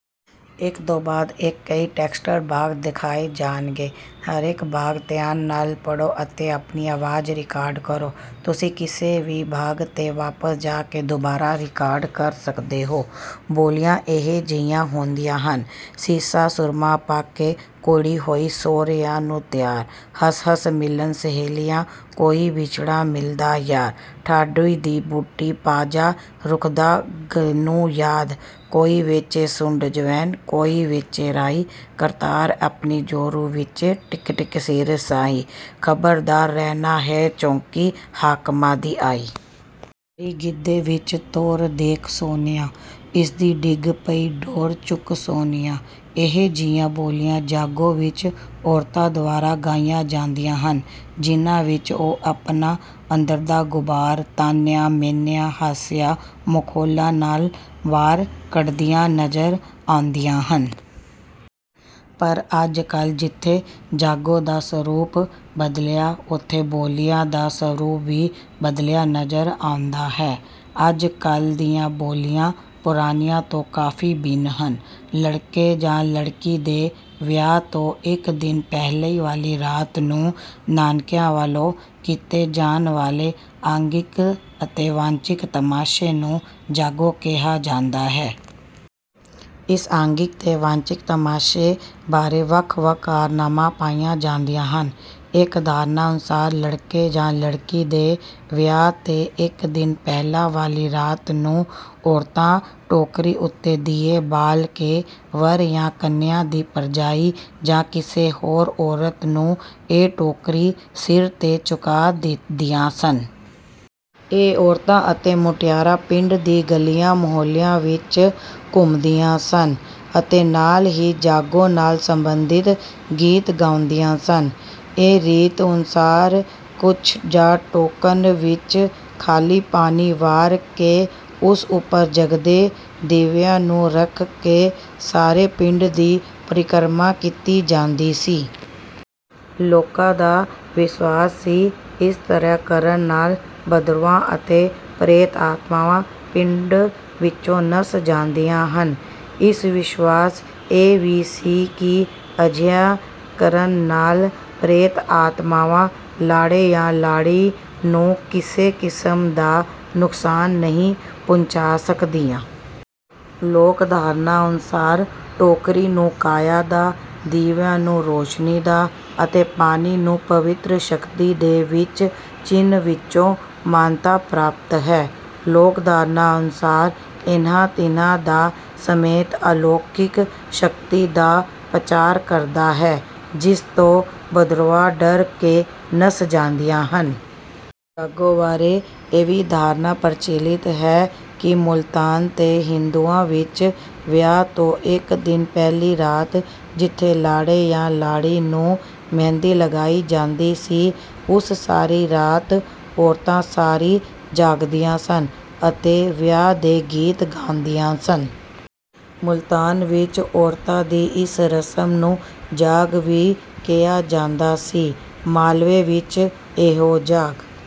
ਬੋਲੀਆਂ ਇਹੋ ਜਿਹੀਆਂ ਹੁੰਦੀਆਂ ਹਨ: ਸ਼ੀਸ਼ਾ ਸੁਰਮਾ ਪਾ ਕੇ ਕੁੜੀ ਹੋਈ ਸਹੁਰਿਆਂ ਨੂੰ ਤਿਆਰ, ਹੱਸ-ਹੱਸ ਮਿਲਣ ਸਹੇਲੀਆਂ, ਕੋਈ ਵਿਛੜਾ ਮਿਲਦਾ ਯਾਰ, ਢਾਠੀ ਤੇ ਬੂਟੀ ਪਾ ਜਾ, ਰੱਖੂੰਗਾ ਤੈਨੂੰ ਯਾਦ। ਕੋਈ ਵੇਚੇ ਸੁੰਢ ਜਵੈਣ, ਕੋਈ ਵੇਚੇ ਰਾਈ, ਕਰਤਾਰਾ ਆਪਣੀ ਜੋਰੂ ਵੇਚੇ, ਟਕੇ-ਟਕੇ ਸਿਰ ਸਾਈ, ਖ਼ਬਰਦਾਰ ਰਹਿਣਾ ਵੇ, ਚੌਂਕੀ ਹਾਕਮਾਂ ਦੀ ਆਈ। ਮੇਰੀ ਗਿੱਧੇ ਵਿੱਚ ਤੋਰ ਦੇਖ ਸੁਹਣਿਆ, ਇਸ ਦੀ ਡਿੱਗ ਪਈ ਡੋਰ, ਚੁੱਕ ਸਹੁਣਿਆ। ਇਹੋ ਜਿਹੀਆਂ ਬੋਲੀਆਂ ਜਾਗੋ ਵਿੱਚ ਔਰਤਾਂ ਦੁਆਰਾ ਗਾਈਆਂ ਜਾਂਦੀਆਂ ਹਨ, ਜਿਹਨਾਂ ਵਿੱਚ ਉਹ ਆਪਣਾ ਅੰਦਰਲਾ ਗ਼ੁਬਾਰ, ਤਾਹਨਿਆਂ, ਮਿਹਣਿਆਂ, ਹਾਸਿਆਂ, ਮਖੌਲਾਂ ਨਾਲ ਬਾਹਰ ਕੱਢਦੀਆਂ ਨਜ਼ਰ ਆਉਂਦੀਆਂ ਹਨ। ਪਰ ਅੱਜ-ਕੱਲ੍ਹ ਜਿੱਥੇ ਜਾਗੋ ਦਾ ਸਰੂਪ ਬਦਲਿਆ, ਉੱਥੇ ਬੋਲੀਆਂ ਦਾ ਸਰੂਪ ਵੀ ਬਦਲਿਆ ਨਜ਼ਰ ਆਉਂਦਾ ਹੈ। ਅੱਜ-ਕੱਲ੍ਹ ਦੀਆਂ ਬੋਲੀਆਂ ਪੁਰਾਣੀਆਂ ਤੋਂ ਕਾਫ਼ੀ ਭਿੰਨ ਹਨ। ਲੜਕੇ ਜਾਂ ਲੜਕੀ ਦੇ ਵਿਆਹ ਤੋਂ ਇੱਕ ਦਿਨ ਪਹਿਲਾਂ ਵਾਲੀ ਰਾਤ ਨੂੰ ਨਾਨਕਿਆਂ ਵੱਲੋਂ ਕੀਤੇ ਜਾਣ ਵਾਲੇ ਆਂਗਿਕ ਅਤੇ ਵਾਚਿਕ ਤਮਾਸ਼ੇ ਨੂੰ ਜਾਗੋ ਕਿਹਾ ਜਾਂਦਾ ਹੈ। ਇਸ ਆਂਗਿਕ ਅਤੇ ਵਾਚਿਕ ਤਮਾਸ਼ੇ ਬਾਰੇ ਵੱਖ-ਵੱਖ ਧਾਰਨਾਵਾਂ ਪਾਈਆਂ ਜਾਂਦੀਆਂ ਹਨ। ਇੱਕ ਧਾਰਨਾ ਅਨੁਸਾਰ ਲੜਕੇ ਜਾਂ ਲੜਕੀ ਦੇ ਵਿਆਹ ਤੋਂ ਇੱਕ ਦਿਨ ਪਹਿਲਾਂ ਵਾਲੀ ਰਾਤ ਨੂੰ ਔਰਤਾਂ ਟੋਕਣੀ ਉੱਤੇ ਦੀਵੇ ਬਾਲ ਕੇ ਵਰ ਜਾਂ ਕੰਨਿਆ ਦੀ ਭਰਜਾਈ ਜਾਂ ਕਿਸੇ ਹੋਰ ਔਰਤ ਨੂੰ ਇਹ ਟੋਕਣੀ ਸਿਰ ਤੇ ਚੁਕਾ ਦਿੰਦੀਆਂ ਸਨ। ਇਹ ਔਰਤਾਂ ਅਤੇ ਮੁਟਿਆਰਾਂ ਪਿੰਡ ਦੀਆਂ ਗਲੀਆਂ ਮੁਹੱਲਿਆਂ ਵਿੱਚ ਘੁੰਮਦੀਆਂ ਸਨ ਅਤੇ ਨਾਲ ਹੀ ਜਾਗੋ ਨਾਲ ਸੰਬੰਧਿਤ ਗੀਤ ਗਾਉਂਦੀਆਂ ਸਨ। ਇੱਕ ਰੀਤ ਅਨੁਸਾਰ ਕੁੰਭ ਜਾਂ ਟੋਕਣ ਵਿੱਚ ਪਾਣੀ ਭਰ ਕੇ ਉਸ ਉੱਪਰ ਜਗਦੇ ਦੀਵਿਆਂ ਨੂੰ ਰੱਖ ਕੇ ਸਾਰੇ ਪਿੰਡ ਦੀ ਪਰਕਰਮਾ ਕੀਤੀ ਜਾਂਦੀ ਸੀ। ਲੋਕਾਂ ਦਾ ਵਿਸ਼ਵਾਸ ਸੀ ਇਸ ਤਰ੍ਹਾਂ ਕਰਨ ਨਾਲ ਬਦਰੂਹਾਂ ਅਤੇ ਪ੍ਰੇਤ ਆਤਮਾਵਾਂ ਪਿੰਡ ਵਿੱਚੋਂ ਨੱਸ ਜਾਂਦੀਆਂ ਹਨ। ਇੱਕ ਵਿਸ਼ਵਾਸ ਇਹ ਵੀ ਹੈ ਕਿ ਅਜਿਹਾ ਕਰਨ ਨਾਲ ਪ੍ਰੇਤ ਆਤਮਾਵਾਂ ਲਾੜੇ ਜਾਂ ਲਾੜੀ ਨੂੰ ਕਿਸੇ ਕਿਸਮ ਦਾ ਨੁਕਸਾਨ ਨਹੀਂ ਪਹੁੰਚਾ ਸਕਦੀਆਂ। ਲੋਕ ਧਾਰਨਾ ਅਨੁਸਾਰ ਟੋਕਣੀ ਨੂੰ ਕਾਇਆ ਦਾ, ਦੀਵਾ ਨੂੰ ਰੌਸ਼ਨੀ ਦਾ ਅਤੇ ਪਾਣੀ ਨੂੰ ਪਵਿੱਤਰ ਸ਼ਕਤੀ ਦੇ ਚਿੰਨ੍ਹ ਵਜੋਂ ਮਾਨਤਾ ਪ੍ਰਾਪਤ ਹੈ। ਲੋਕ ਧਾਰਨਾ ਅਨੁਸਾਰ ਇਹਨਾਂ ਤਿੰਨਾਂ ਦਾ ਸੁਮੇਲ ਅਲੌਕਿਕ ਸ਼ਕਤੀ ਦਾ ਸੰਚਾਰ ਕਰਦਾ ਹੈ, ਜਿਸ ਤੋਂ ਬਦਰੂਹਾਂ ਡਰ ਕੇ ਭੱਜ ਜਾਂਦੀਆਂ ਹਨ। ਜਾਗੋ ਬਾਰੇ ਇਹ ਵੀ ਧਾਰਨਾ ਪ੍ਰਚੱਲਿਤ ਹੈ ਕਿ ਮੁਲਤਾਨ ਦੇ ਹਿੰਦੂਆਂ ਵਿੱਚ ਵਿਆਹ ਤੋਂ ਇੱਕ ਦਿਨ ਪਹਿਲੀ ਰਾਤ ਜਦੋਂ ਲਾੜੇ ਜਾਂ ਲਾੜੀ ਨੂੰ ਮਹਿੰਦੀ ਲਗਾਈ ਜਾਂਦੀ ਸੀ, ਉਸ ਸਾਰੀ ਰਾਤ ਔਰਤਾਂ ਸਾਰੀ ਜਾਗਦੀਆਂ ਸਨ ਅਤੇ ਵਿਆਹ ਦੇ ਗੀਤ ਗਾਉਂਦੀਆਂ ਸਨ। ਮੁਲਤਾਨ ਵਿੱਚ ਔਰਤਾਂ ਦੀ ਇਸ ਰਸਮ ਨੂੰ 'ਜਾਗ' ਵੀ ਕਿਹਾ ਜਾਂਦਾ ਸੀ। ਮਾਲਵੇ ਵਿੱਚ ਇਹੋ ਜਾਗ